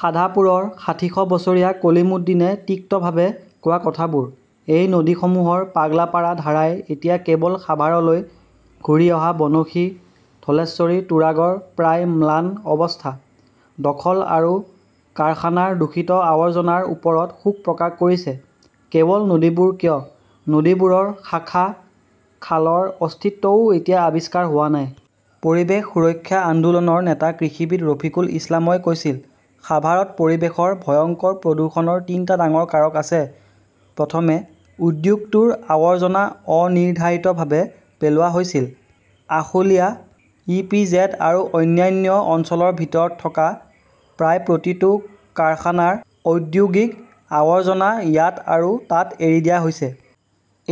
সাধাপুৰৰ ষাঠিশ বছৰীয়া কলিমুদ্দীনে তিক্তভাৱে কোৱা কথাবোৰ। এই নদীসমূহৰ পাগলাপাৰা ধাৰাই এতিয়া কেৱল সাভাৰলৈ ঘূৰি অহা বনশী, ধলেশ্বৰী, তুৰাগৰ প্ৰায় ম্লান অৱস্থা, দখল আৰু কাৰখানাৰ দূষিত আৱৰ্জনাৰ ওপৰত শোক প্ৰকাশ কৰিছে। কেৱল নদীবোৰ কিয়, নদীবোৰৰ শাখা খালৰ অস্তিত্বও এতিয়া আৱিষ্কাৰ হোৱা নাই। পৰিৱেশ সুৰক্ষা আন্দোলনৰ নেতা কৃষিবিদ ৰফিকুল ইছলামই কৈছিল। "সাভাৰত পৰিৱেশৰ ভয়ংকৰ প্ৰদূষণৰ তিনিটা ডাঙৰ কাৰক আছে। প্ৰথমতে, উদ্যোগটোৰ আৱৰ্জনা অনিৰ্ধাৰিতভাৱে পেলোৱা হৈছিল। আশুলিয়া, ই. পি. জেড. আৰু অন্যান্য অঞ্চলৰ ভিতৰত থকা প্ৰায় প্ৰতিটো কাৰখানাৰ ঔদ্যোগিক আৱৰ্জনা ইয়াত আৰু তাত এৰি দিয়া হৈছে।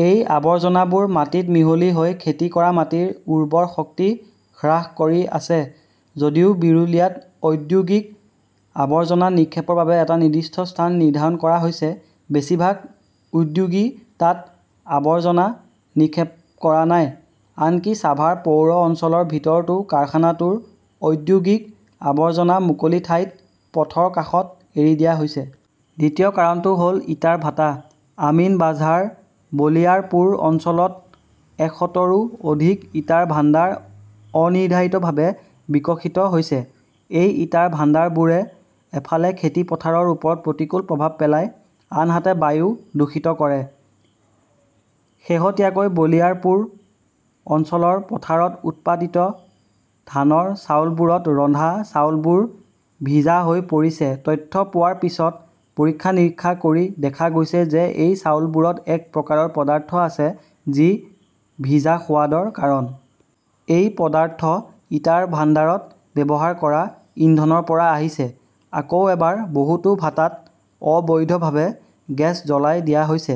এই আৱৰ্জনাবোৰ মাটিত মিহলি হৈ খেতি কৰা মাটিৰ উৰ্বৰ শক্তি হ্ৰাস কৰি আছে। যদিও বিৰুলিয়াত ঔদ্যোগিক আৱৰ্জনা নিক্ষেপৰ বাবে এটা নিৰ্দিষ্ট স্থান নিৰ্ধাৰণ কৰা হৈছে, বেছিভাগ উদ্যোগই তাত আৱৰ্জনা নিক্ষেপ কৰা নাই। আনকি ছাভাৰ পৌৰ অঞ্চলৰ ভিতৰতো কাৰখানাটোৰ ঔদ্যোগিক আৱৰ্জনা মুকলি ঠাইত, পথৰ কাষত এৰি দিয়া হৈছে। দ্বিতীয় কাৰণটো হ "ল ইটাৰ ভাটা। আমিনবাঝাৰ, বলিয়াৰপুৰ অঞ্চলত একশতৰো অধিক ইটাৰ ভাণ্ডাৰ অনিৰ্ধাৰিতভাৱে বিকশিত হৈছে। এই ইটাৰ ভাণ্ডাৰবোৰে এফালে খেতি পথাৰৰ ওপৰত প্ৰতিকূল প্ৰভাৱ পেলায়, আনহাতে বায়ু দূষিত কৰে। শেহতীয়াকৈ বলিয়াৰপুৰ অঞ্চলৰ পথাৰত উৎপাদিত ধানৰ চাউলবোৰত ৰন্ধা চাউলবোৰ ভিজা হৈ পৰিছে-তথ্য পোৱাৰ পিছত পৰীক্ষা-নিৰীক্ষা কৰি দেখা গৈছে যে এই চাউলবোৰত এক প্ৰকাৰৰ পদাৰ্থ আছে যি ভিজা সোৱাদৰ কাৰণ। এই পদাৰ্থ ইটাৰ ভাণ্ডাৰত ব্যৱহাৰ কৰা ইন্ধনৰ পৰা আহিছে। আকৌ এবাৰ, বহুতো ভাটাত অবৈধভাৱে গছ জ্বলাই দিয়া হৈছে।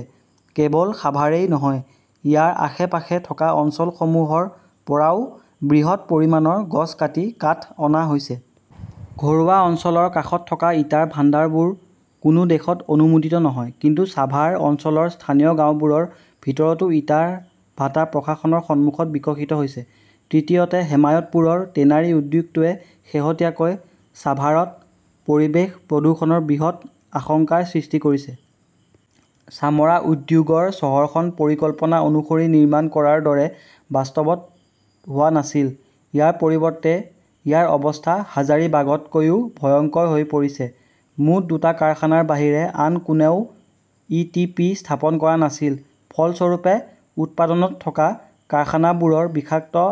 কেৱল সাভাৰেই নহয়, ইয়াৰ আশে-পাশে থকা অঞ্চলসমূহৰ পৰাও বৃহৎ পৰিমাণৰ গছ কাটি কাঠ অনা হৈছে। ঘৰুৱা অঞ্চলৰ কাষত থকা ইটাৰ ভাণ্ডাৰবোৰ কোনো দেশত অনুমোদিত নহয়। কিন্তু ছাভাৰ অঞ্চলৰ স্থানীয় গাঁতবোৰৰ ভিতৰতো ইটাৰ ভাটা প্ৰশাসনৰ সন্মুখত বিকশিত হৈছে। তৃতীয়তে, হেমায়তপুৰৰ টেনাৰী উদ্যোগটোৱে শেহতীয়াকৈ সাভাৰত পৰিৱেশ প্ৰদূষণৰ বৃহৎ আশংকাৰ সৃষ্টি কৰিছে। চামৰা উদ্যোগৰ চহৰখন পৰিকল্পনা অনুসৰি নিৰ্মাণ কৰাৰ দৰে বাস্তৱত হোৱা নাছিল। ইয়াৰ পৰিৱৰ্তে, ইয়াৰ অৱস্থা হাজাৰিবাগতকৈও ভয়ংকৰ হৈ পৰিছে। মুঠ দুটা কাৰখানাৰ বাহিৰে আন কোনেও ই. টি. পি. স্থাপন কৰা নাছিল। ফলস্বৰূপে, উৎপাদনত থকা কাৰখানাবোৰৰ বিষাক্ত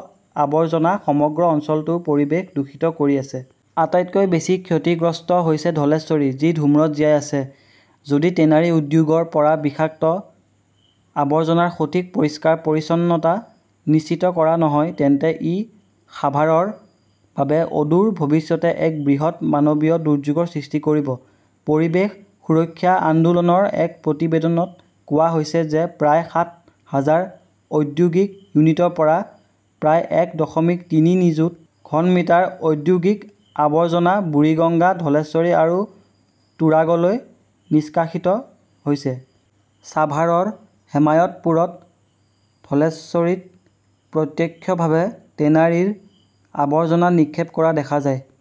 আৱৰ্জনা সমগ্ৰ অঞ্চলটোৰ পৰিৱেশ দূষিত কৰি আছে। আটাইতকৈ বেছি ক্ষতিগ্ৰস্ত হৈছে ধলেশ্বৰী, যি ধূম্ৰত জীয়াই আছে। যদি টেনাৰী উদ্যোগৰ পৰা বিষাক্ত আৱৰ্জনাৰ সঠিক পৰিষ্কাৰ-পৰিচ্ছন্নতা নিশ্চিত কৰা নহয় তেন্তে ই সাভাৰৰ বাবে অদূৰ ভৱিষ্যতে এক বৃহৎ মানৱীয় দুৰ্যোগৰ সৃষ্টি কৰিব। পৰিৱেশ সুৰক্ষা আন্দোলনৰ এক প্ৰতিবেদনত কোৱা হৈছে যে প্ৰায় সাত হাজাৰ ঔদ্যোগিক ইউনিটৰ পৰা প্ৰায় এক দশমিক তিনি নিযুত ঘন মিটাৰ ঔদ্যোগিক আৱৰ্জনা বুৰিগঙ্গা, ধলেশ্বৰী আৰু তুৰাগলৈ নিষ্কাশিত হৈছে। চাভাৰৰ হেমায়তপুৰত ধলেশ্বৰীত প্ৰত্যক্ষভাৱে টেনাৰীৰ আৱৰ্জনা নিক্ষেপ কৰা দেখা যায়।